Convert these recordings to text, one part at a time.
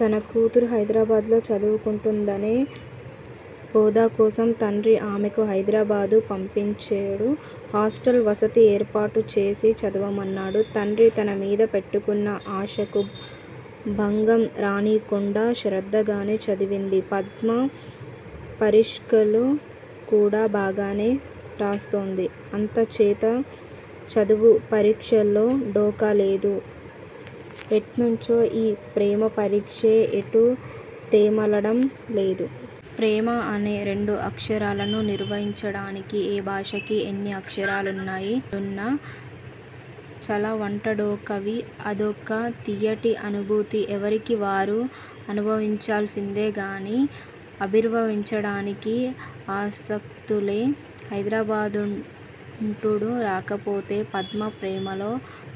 తన కూతురు హైదరాబాదులో చదువుకుంటుందనే హోదాకోసం తండ్రి ఆమెను హైదరాబాదు పంపించేడు. హాస్టల్ వసతి ఏర్పాటుచేసి చదవమన్నాడు. తండ్రి తనమీద పెట్టుకున్న ఆశకు భంగం రానీకుండా శ్రద్ధగానే చదివింది. పద్మ పరీక్షలుకూడా బాగానే రాస్తోంది. అంచేత చదువు పరీక్షలో ఢోకా లేదు. ఎటొచ్చి ఈ ప్రేమ పరీక్షే ఎటూ తెమలడం లేదు. ప్రేమ అనే రెండక్షరాలను నిర్వచించడానికి ఏ భాషకి ఎన్ని అక్షరాలున్నా చాలవంటాడొక కవి. అదొక తియ్యటి అనుభూతి ఎవరికి వారు అనుభవించాల్సిందేగాని అభివర్ణించడానికి అశక్తులే! హైదరాబాదంటూ రాకపోతే పద్మ ప్రేమలో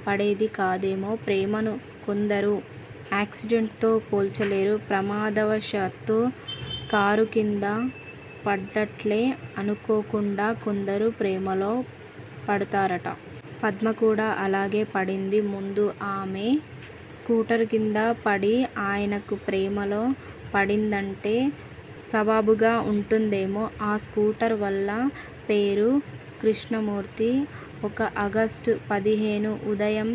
పడేది కాదేమో. ప్రేమను కొందరు ఏక్సిడెంట్ తో పోల్చేరు. ప్రమాదవశాత్తూ కారుకింద పడ్డట్లే అనుకోకుండా కొందరు ప్రేమలో పడతారుట. పద్మ కూడా అట్లాగే పడింది. ముందు ఆమె స్కూటరుకిందపడి ఆనక ప్రేమలో పడిందంటే సబబుగా ఉంటుందేమో. ఆ స్కూటరువాలా పేరు కృష్ణమూర్తి. ఒక ఆగస్టు పదిహేను. ఉదయం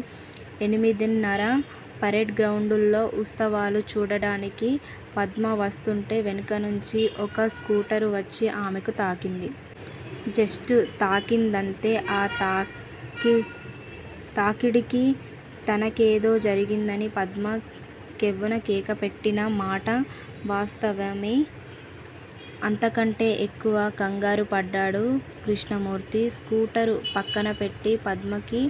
ఎనిమిదిన్నర. పెరేడ్ గ్రౌండ్సులో ఉత్సవాలు చూడటానికి పద్మ వస్తుంటే వెనకనుంచి ఒక స్కూటరు వచ్చి ఆమెను తాకింది. జస్టు తాకిందంతే! ఆ తాకిడికి తనకేదో జరిగిందని పద్మ కెవ్వున కేక పెట్టినమాట వాస్తవమే. అంతకంటే ఎక్కువ ఖంగారుపడ్డాడు కృష్ణమూర్తి. స్కూటరు ప్రక్కనపెట్టి పద్మకి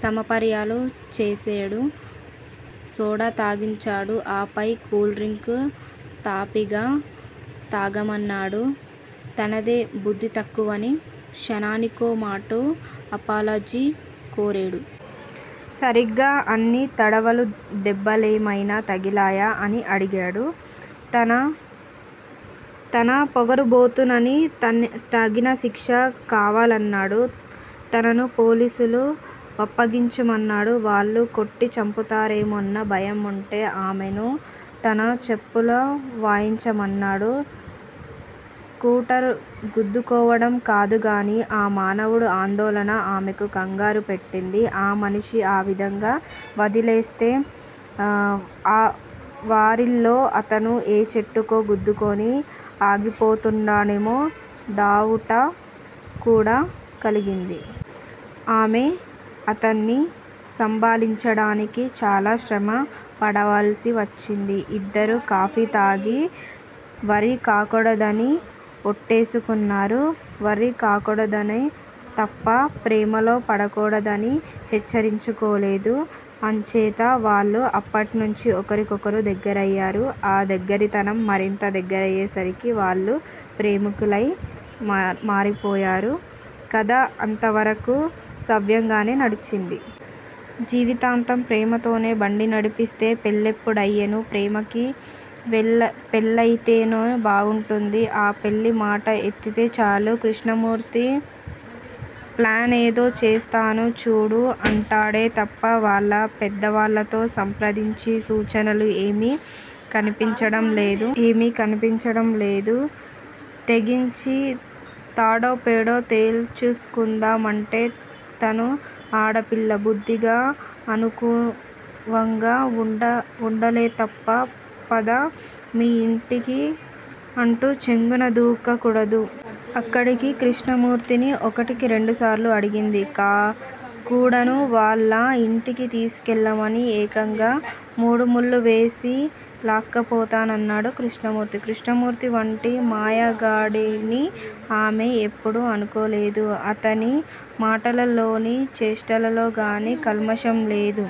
సపర్యలు చేసేడు. సోడా తాగించేడు. ఆపైన కూల్ డ్రింక్ తాపీగా తాగమన్నాడు. తనదే బుద్ధి తక్కువని క్షణానికోమాటు అపాలజీ కోరేడు. సరిగ్గా అన్ని తడవలూ దెబ్బలేమైనా తగిలేయా అని అడిగేడు. తన పొగరబోత్తనానికి తగిన శిక్ష కావాలన్నాడు. తనను పోలీసులకు వప్పగించమన్నాడు. వాళ్ళు కొట్టి చంపుతారేమోనన్న భయముంటే ఆమెను తన చెంపలు వాయించమన్నాడు. స్కూటరు గుద్దుకోవడం కాదుగానీ ఆ మానవుడి ఆందోళన ఆమెను ఖంగారు పెట్టింది. ఆ మనిషిని ఆ విధంగా వదిలేస్తే ఆ వర్రీలో అతను ఏ చెట్టుకో గుద్దుకొని అయిపోతాడనే డవుటు కూడా కలిగింది. అంచేత ఆమె అతన్ని సంబాళించడానికి చాలా శ్రమ పడవలసి వచ్చింది. ఇద్దరూ కాఫీతాగి వర్రీ కాకూడదని ఒట్టేసుకున్నారు. వర్రీ కాకూడదనుకున్నారే తప్ప ప్రేమలో పడకూడదని హెచ్చరించుకోలేదు. అంచేత వాళ్ళు అప్పట్నుంచీ ఒకరికొకరు దగ్గరయ్యేరు. ఆ దగ్గిరితనం మరింత దగ్గరయ్యేసరికి వాళ్ళు ప్రేమికులై పోయేరు. కథ అంతవరకూ సవ్యంగానే నడిచింది. జీవితాంతం ప్రేమతోనే బండినడిస్తే పెళ్లెప్పుడయ్యేను! ప్రేమకి పెళ్ళయితేనే బావుంటుంది. ఆ పెళ్ళిమాట ఎత్తితేచాలు కృష్ణమూర్తి ప్లానేదో చేస్తాను చూడు అంటాడే తప్ప వాళ్ళ పెద్దవాళ్ళతో సంప్రదించే సూచనలు ఏమీ కనిపించడం లేదు. తెగించి తాడోపేడో తెల్చేసుకుందామంటే తాను ఆడపిల్ల. బుద్ధిగా అణుకువగా వుండాలేతప్ప పద మీ యింటికి అంటూ చెంగునదూక కూడదు. అక్కడికి కృష్ణమూర్తిని ఒకటి రెండుసార్లు అడిగింది కూడాను వాళ్ళ యింటికి తీసుకెళ్ళమని. ఏకంగా మూడుముళ్ళు వేసి లాక్కుపోతానన్నాడు కృష్ణమూర్తి. కృష్ణమూర్తివట్టి మాయగాడని ఆమె ఎప్పుడూ అనుకోలేదు. అతని మాటలోగాని చేష్టలోగాని కల్మషంలేదు.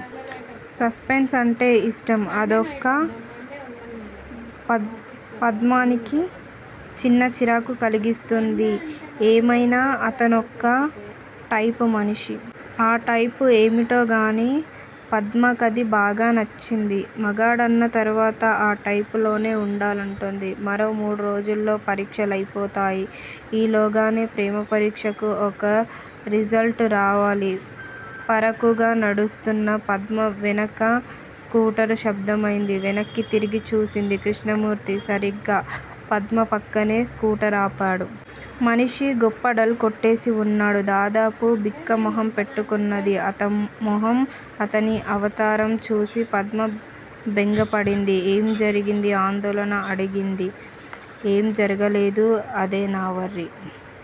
సస్పెన్సంటే ఇష్టం. అదొక్కటే, పద్మకి చిన్న చిరాకు కలిగిస్తుంది. ఏమైనా అతనొక టైపుమనిషి. ఆ టైపు ఏమిటోగాని పద్మకది బాగా నచ్చింది. మగాడన్న తర్వాత ఆ టైపులోనే వుండాలంటుంది. మరో మూడురోజుల్లో పరీక్షలైపోతాయి. ఈ లోగానే ప్రేమ పరీక్షకు ఒక రిజల్ట్ రావాలి. పరాకుగా నడుస్తున్న పద్మవెనక స్కూటరు శబ్దమైంది. వెనక్కి తిరిగి చూసింది. కృష్ణమూర్తి! సరిగ్గా పద్మ పక్కనే స్కూటరాపేడు. మనిషి గొప్ప డల్ కొట్టేసి వున్నాడు, దాదాపు బిక్క మొగం పెట్టుకున్నట్టుంది అతని మొగం. అతని అవతారం చూసి పద్మ బెంగపడింది. ఏం జరిగింది? ఆందోళనగా అడిగింది. ఏం జరగలేదు. అదే నా వర్రీ!